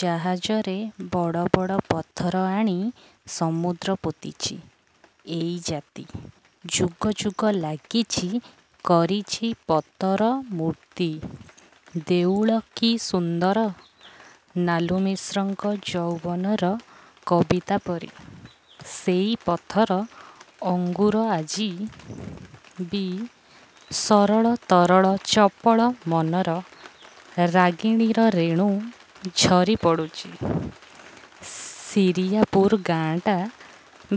ଜାହାଜରେ ବଡ଼ ବଡ଼ ପଥର ଆଣି ସମୁଦ୍ର ପୋତିଚି ଏଇଜାତି। ଯୁଗ ଯୁଗ ଲାଗି କରିଚି ପଥର–ମୂର୍ତ୍ତି। ଦେଉଳ, କି ସୁନ୍ଦର! ନାଲୁମିଶ୍ରଙ୍କ ଯୌବନର କବିତା ପରି, ସେଇ ପଥର ଅଙ୍ଗରୁ, ଆଜି ବି, ସରଳ–ତରଳ–ଚପଳ ମନର ରାଗିଣୀର ରେଣୁ ଝରି ପଡ଼ୁଚି। ଶିରିଆପୁର ଗାଁଟା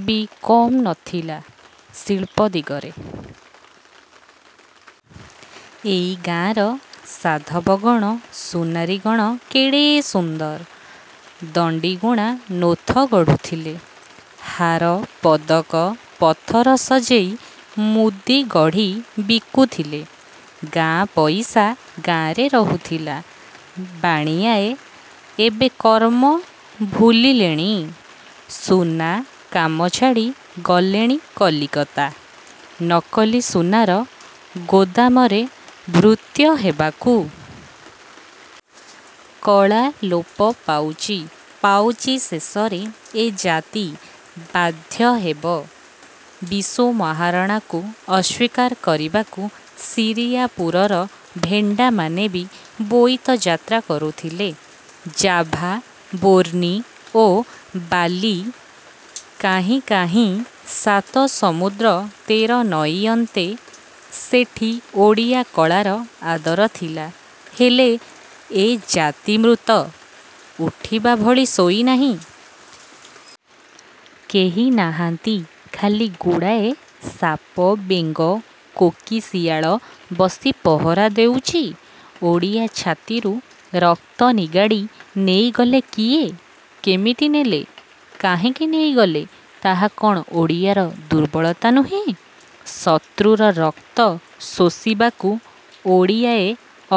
ବି କମ୍ ନ ଥିଲା ଶିଳ୍ପ ଦିଗରେ। ଏଇ ଗାଁର ସାଧବଗଣ, ସୁନାରୀଗଣ କେଡ଼େ ସୁନ୍ଦର ଦଣ୍ଡିଗୁଣା ନୋଥ ଗଢ଼ୁଥିଲେ। ହାର ପଦକ, ପଥର ସଜେଇ ମୁଦିଗଢ଼ି ବିକୁଥିଲେ। ଗାଁ ପଇସା ଗାଁରେ ରହୁଥିଲା। ବାଣିଆଏ ଏବେ କର୍ମ ଭୁଲିଲେଣି। ସୁନା କାମ ଛାଡ଼ି ଗଲେଣି କଲିକତା, ନକଲି ସୁନାର ଗୋଦାମରେ ଭୃତ୍ୟ ହେବାକୁ। କଳା ଲୋପ ପାଉଚି, ପାଉଚି; ଶେଷରେ ଏଜାତି ବାଧ୍ୟହେବ ବିଶୁ ମହାରଣାକୁ ଅସ୍ୱୀକାର କରିବାକୁ। ଶିରିଆପୁରର ଭେଣ୍ଡାମାନେ ବି ବୋଇତ ଯାତ୍ରା କରୁଥିଲେ–ଜାଭା ବୋର୍ଣ୍ଣିଓ, ବାଲି କାହିଁ କାହିଁ ସାତ ସମୁଦ୍ର ତେରନଈ ଅନ୍ତେ। ସେଠି ଓଡ଼ିଆ କଳାର ଆଦରଥିଲା। ହେଲେ ଏଜାତି ମୃତ। ଉଠିବା ଭଳି ଶୋଇନାହିଁ। କେହି ନାହାନ୍ତି ଖାଲି ଗୁଡ଼ାଏ ସାପ, ବେଙ୍ଗ, କୋକିଶିଆଳ ବସି ପହରା ଦେଉଚି। ଓଡ଼ିଆ ଛାତିରୁ ରକ୍ତ ନିଗାଡ଼ି ନେଇଗଲେ କିଏ? କେମିତି ନେଲେ? କାହିଁକି ନେଇଗଲେ? ତାହା କଣ ଓଡ଼ିଆର ଦୁର୍ବଳତା ନୁହେଁ? ଶତ୍ରୁର ରକ୍ତ ଶୋଷିବାକୁ ଓଡ଼ିଆଏ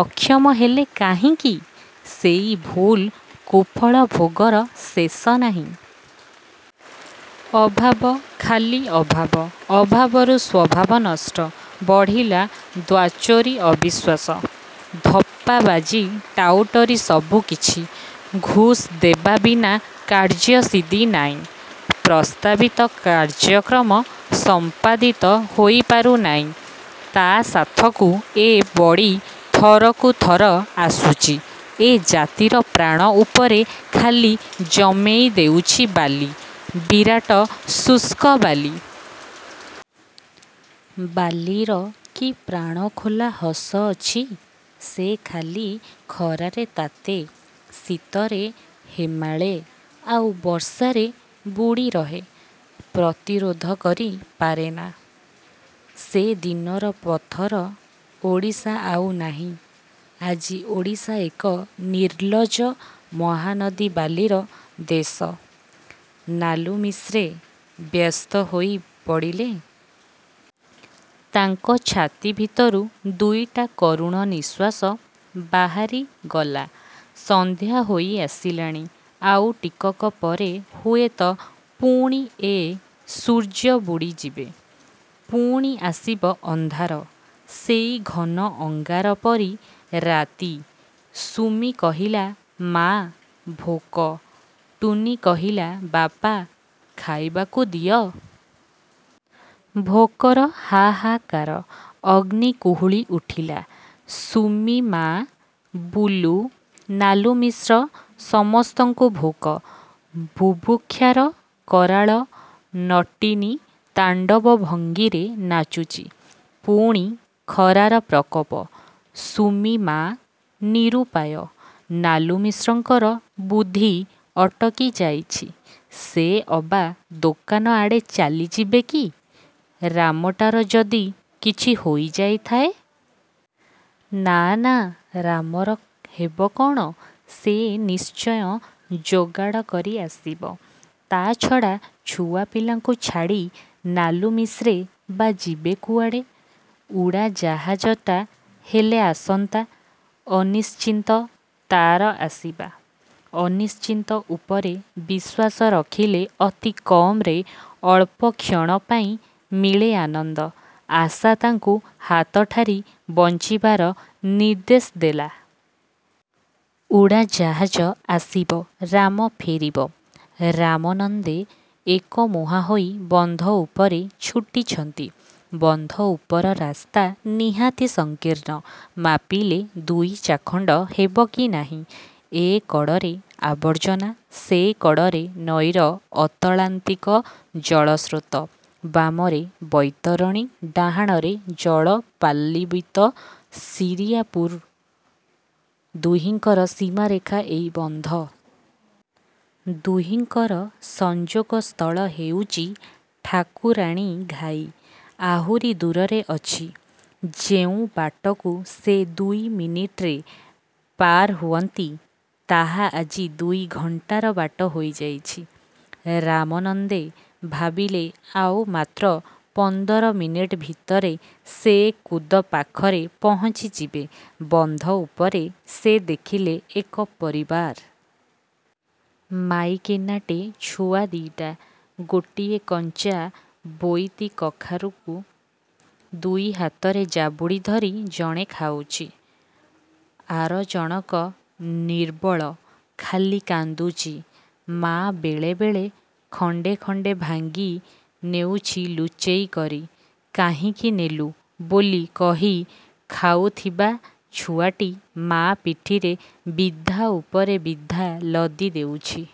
ଅକ୍ଷମ ହେଲେ କାହିଁକି? ସେଇ ଭୁଲ୍ର କୁଫଳ ଭୋଗର ଶେଷ ନାହିଁ। ଅଭାବ, ଖାଲି ଅଭାବ। ଅଭାବରୁ ସ୍ୱଭାବ ନଷ୍ଟ। ବଢ଼ିଲା ଦ୍ୱାଚୋରୀ ଅବିଶ୍ୱାସ, ଧପ୍ପାବାଜି, ଟାଉଟରୀ ସବୁକିଛି। ଘୁସ୍ ଦେବା ବିନା କାର୍ଯ୍ୟସିଦ୍ଧି ନାଇଁ। ପ୍ରସ୍ତାବିତ କାର୍ଯ୍ୟକ୍ରମ ସଂପାଦିତ ହୋଇପାରୁ ନାଇଁ। ତା ସାଥକୁ ଏ ବଢ଼ି ଥରକୁ ଥର ଆସୁଚି। ଏ ଜାତିର ପ୍ରାଣ ଉପରେ ଖାଲି ଜମେଇ ଦେଉଛି ବାଲି, ବିରାଟ ଶୁଷ୍କବାଲି। ବାଲିର କି ପ୍ରାଣଖୋଲା ହସ ଅଛି। ସେ ଖାଲି ଖରାରେ ତାତେ, ଶୀତରେ ହେମାଳେ, ଆଉ ବର୍ଷାରେ ବୁଡ଼ି ରହେ। ପ୍ରତିରୋଧ କରି ପାରେନା। ସେ ଦିନର ପଥର ଓଡ଼ିଶା ଆଉ ନାହିଁ। ଆଜି ଓଡ଼ିଶା ଏକ ନିର୍ଲ୍ଲଜ ମହାନଦୀ ବାଲିର ଦେଶ। ନାଲୁମିଶ୍ରେ–ବ୍ୟସ୍ତ ହୋଇ ପଡ଼ିଲେ। ତାଙ୍କ ଛାତି ଭିତରୁ ଦୁଇଟା କରୁଣ ନିଃଶ୍ୱାସ ବାହାରିଗଲା। ସଂଧ୍ୟା ହୋଇ ଆସିଲାଣି। ଆଉ ଟିକକ ପରେ ହୁଏତ ପୁଣି ଏ ସୂର୍ଯ୍ୟ ବୁଡ଼ିଯିବେ। ପୁଣି ଆସିବ ଅନ୍ଧାର, ସେଇ ଘନ ଅଙ୍ଗାର ପରି ରାତି। ସୁମି କହିଲା–ମା' ଭୋକ। ଟୁନୀ କହିଲା ବାପା, ଖାଇବାକୁ ଦିଅ। ଭୋକର ହାହାକାର ଅଗ୍ନି କୁହୁଳି ଉଠିଲା। ସୁମି-ମା, ବୁଲୁ, ନାଲୁମିଶ୍ର ସମସ୍ତଙ୍କୁ ଭୋକ। ବୁଭୁକ୍ଷାର କରାଳ ନଟୀନୀ ତାଣ୍ଡବ ଭଙ୍ଗୀରେ ନାଚୁଛି। ପୁଣି, ଖରାର ପ୍ରକୋପ। ସୁମି-ମା, ନିରୁପାୟ। ନାଲୁମିଶ୍ରଙ୍କର ବୁଦ୍ଧି ଅଟକି ଯାଇଛି। ସେ ଅବା ଦୋକାନଆଡ଼େ ଚାଲିଯିବେ କି? ରାମଟାର ଯଦି କିଛି ହୋଇଯାଇଥାଏ? ନା ନା ରାମର ହେବ କ'ଣ–ସେ ନିଶ୍ଚୟ ଯୋଗାଡ଼ କରି ଆସିବ। ତା'ଛଡ଼ା ଛୁଆପିଲାଙ୍କୁ ଛାଡ଼ି ନାଲୁମିଶ୍ରେ ବା ଯିବେ କୁଆଡ଼େ? ଉଡ଼ାଜାହାଜଟା ହେଲେ ଆସନ୍ତା। ଅନିଶ୍ଚିତ ତା'ର ଆସିବା।। ଅନିଶ୍ଚିତ ଉପରେ ବିଶ୍ୱାସ ରଖିଲେ ଅତି କମରେ ଅଳ୍ପକ୍ଷଣପାଇଁ ମିଳେ ଆନନ୍ଦ। ଆଶା ତାଙ୍କୁ ହାତଠାରି ବଞ୍ଚିବାର ନିର୍ଦ୍ଦେଶ ଦେଲା। ଉଡ଼ାଜାହାଜ ଆସିବ। ରାମ ଫେରିବ। ରାମାନନ୍ଦେ। ଏକମୁହାଁ ହୋଇ ବନ୍ଧ ଉପରେ ଛୁଟିଛନ୍ତି। ବନ୍ଧ ଉପର ରାସ୍ତା, ନିହାତି ସଂକୀର୍ଣ୍ଣ। ମାପିଲେ ଦୁଇ ଚାଖଣ୍ଡ ହେବ କି ନାହିଁ। ଏ କଡ଼ରେ ଆବର୍ଜ୍ଜନା, ସେ କଡ଼ରେ ନଈର ଅତଳାନ୍ତିକ ଜଳସ୍ରୋତ। ବାମରେ ବୈତରଣୀ, ଡାହାଣରେ ଜଳପ୍ଳାବିତ ଶିରିଆପୁର ଦୁହିଙ୍କର ସୀମାରେଖା ଏଇ ବନ୍ଧ। ଦୁହିଙ୍କର ସଂଯୋଗସ୍ଥଳ ହେଉଚି ଠାକୁରାଣୀ ଘାଇ, ଆହୁରି ଦୂରରେ ଅଛି-। ଯେଉଁ ବାଟକୁ ସେ ଦୁଇ ମିନିଟରେ ପାର ହୁଅନ୍ତି, ତାହା ଆଜି ଦୁଇଘଣ୍ଟାର ବାଟ ହୋଇଯାଉଛି। ରାମାନନ୍ଦେ ଭାବିଲେ–ଆଉ ମାତ୍ର ପନ୍ଦର ମିନିଟ୍ ଭିତରେ ସେ କୁଦ ପାଖରେ ପହଞ୍ଚିଯିବେ। ବନ୍ଧ ଉପରେ ସେ ଦେଖିଲେ ଏକ ପରିବାର। ମାଇକିନାଟେ ଛୁଆ ଦି'ଟା। ଗୋଟିଏ କଞ୍ଚା ବୋଇତିକଖାରୁକୁ ଦୁଇ ହାତରେ ଜାବୁଡ଼ି ଧରି ଜଣେ ଖାଉଛି। ଆରଜଣକ ନିର୍ବଳ। ଖାଲି କାନ୍ଦୁଛି। ମା' ବେଳେବେଳେ ଖଣ୍ଡେ ଖଣ୍ଡେ ଭାଙ୍ଗି ନେଉଛି ଲୁଚେଇ କରି। କାହିଁକି ନେଲୁ ବୋଲି କହି ଖାଉଥିବା ଛୁଆଟି ମା' ପିଠିରେ ବିଧା ଉପରେ ବିଧା ଲଦି ଦେଉଛି।